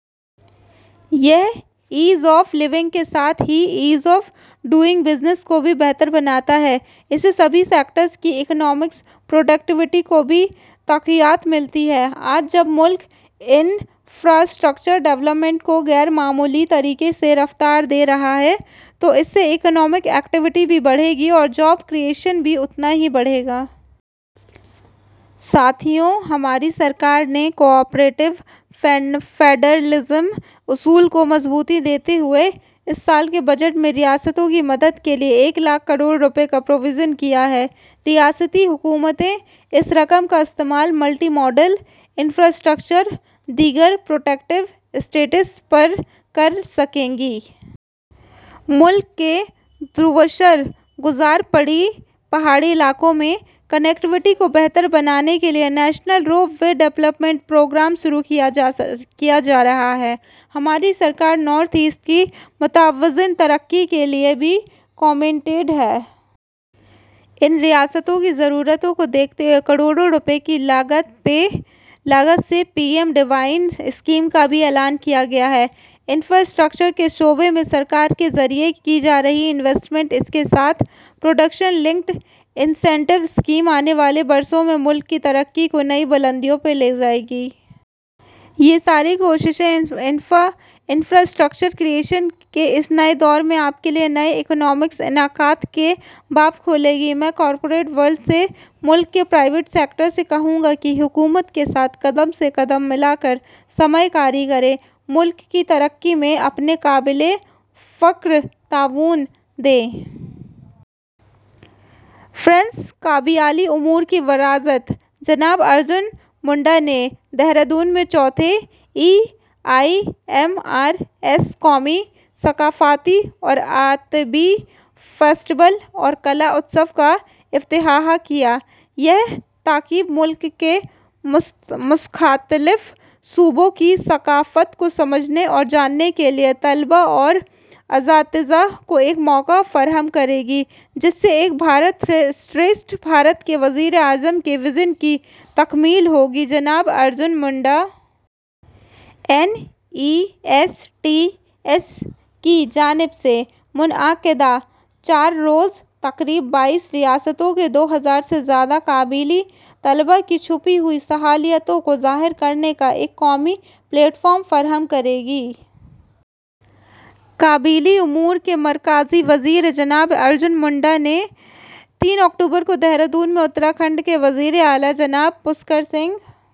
یہ ease of living کے ساتھ ہی ایز آف ڈوئنگ بزنس کو بھی بہتر بناتا ہے۔ اس سے سبھی سیکٹرز کی اکنامک پروڈکٹی ویٹی کو بھی تقویت ملتی ہے۔ آج جب ملک انفرا اسٹرکچر ڈولپمنٹ کو غیر معمولی طریقے سے رفتار دے رہا ہے، تو اس سے اکنامک ایکٹی ویٹی بھی بڑھے گی اور جاب کریئشن بھی اتنا ہی بڑھے گا۔ ساتھیو! ہماری سرکار نے کوآپریٹو فیڈرلزم کے اصول کو مضبوطی دیتے ہوئے اس سال کے بجٹ میں ریاستوں کی مدد کے لیے ایک لاکھ کروڑ روپے کا پروویژن کیا ہے۔ ریاستی حکومتیں اس رقم کا استعمال ملٹی ماڈل انفرا اسٹرکچر اور دیگر پروڈکٹیو ایسیٹس پر کرسکیں گی۔ ملک کے دشوار گزار پہاڑی علاقوں میں کنکٹی ویٹی کو بہتر بنانے کے لیے نیشنل روپ وے ڈولپمنٹ پروگرام شروع کیا جا رہا ہے۔ ہماری سرکار نارتھ ایسٹ کی متوازن ترقی کے لیے بھی کمیٹڈ ہے۔ ان ریاستوں کی ضرورتوں کو دیکھتے ہوئے کروڑ روپے کی لاگت سے پی ایم ڈیوائن اسکیم کا بھی اعلان کیا گیا ہے۔ انفرا اسٹرکچر کے شعبے میں سرکار کے ذریعے کی جا رہی انویسٹمنٹ، اس کے ساتھ ساتھ پروڈکشن لنکڈ انسنٹیو اسکیم، آنے والے برسوں میں ملک کی ترقی کو نئی بلندی پر لے جائے گی۔ یہ ساری کوششیں انفرا اسٹرکچر کریئشن کے اس نئے دور میں آپ کے لیے نئے اکنامک امکانات کے باب کھولیں گی۔ میں کارپوریٹ ورلڈ سے، ملک کے پرائیویٹ سیکٹر سے کہوں گا کہ حکومت کے ساتھ قدم سے قدم ملا کر سرمایہ کاری کریں اور ملک کی ترقی میں اپنا قابلِ فخر تعاون دیں۔ فرینڈس! قبائلی امور کی وزارت جناب ارجن منڈا نے دہرہ دون میں چوتھے ای ایم آر ایس قومی ثقافتی اور ادبی فیسٹیول اور کلا اتسو کا افتتاح کیا۔ یہ تقریب ملک کے مختلف صوبوں کی ثقافت کو سمجھنے اور جاننے کے لیے طلباء اور اساتذہ کو ایک موقع فراہم کرے گی، جس سے ایک بھارت شریشٹھ بھارت کے وزیر اعظم کے وژن کی تکمیل ہوگی: جناب Arjun Munda. N E S T S کی جانب سے منعقدہ چار روزہ تقریب بائیس ریاستوں کے دو ہزار سے زائد قبائلی طلباء کی چھپی ہوئی صلاحیتوں کو ظاہر کرنے کا ایک قومی پلیٹ فارم فراہم کرے گی۔ قبائلی امور کے مرکزی وزیر جناب ارجن منڈا نے تین اکتوبر کو دہرہ دون میں اتراکھنڈ کے وزیراعلیٰ جناب پشکر سنگھ...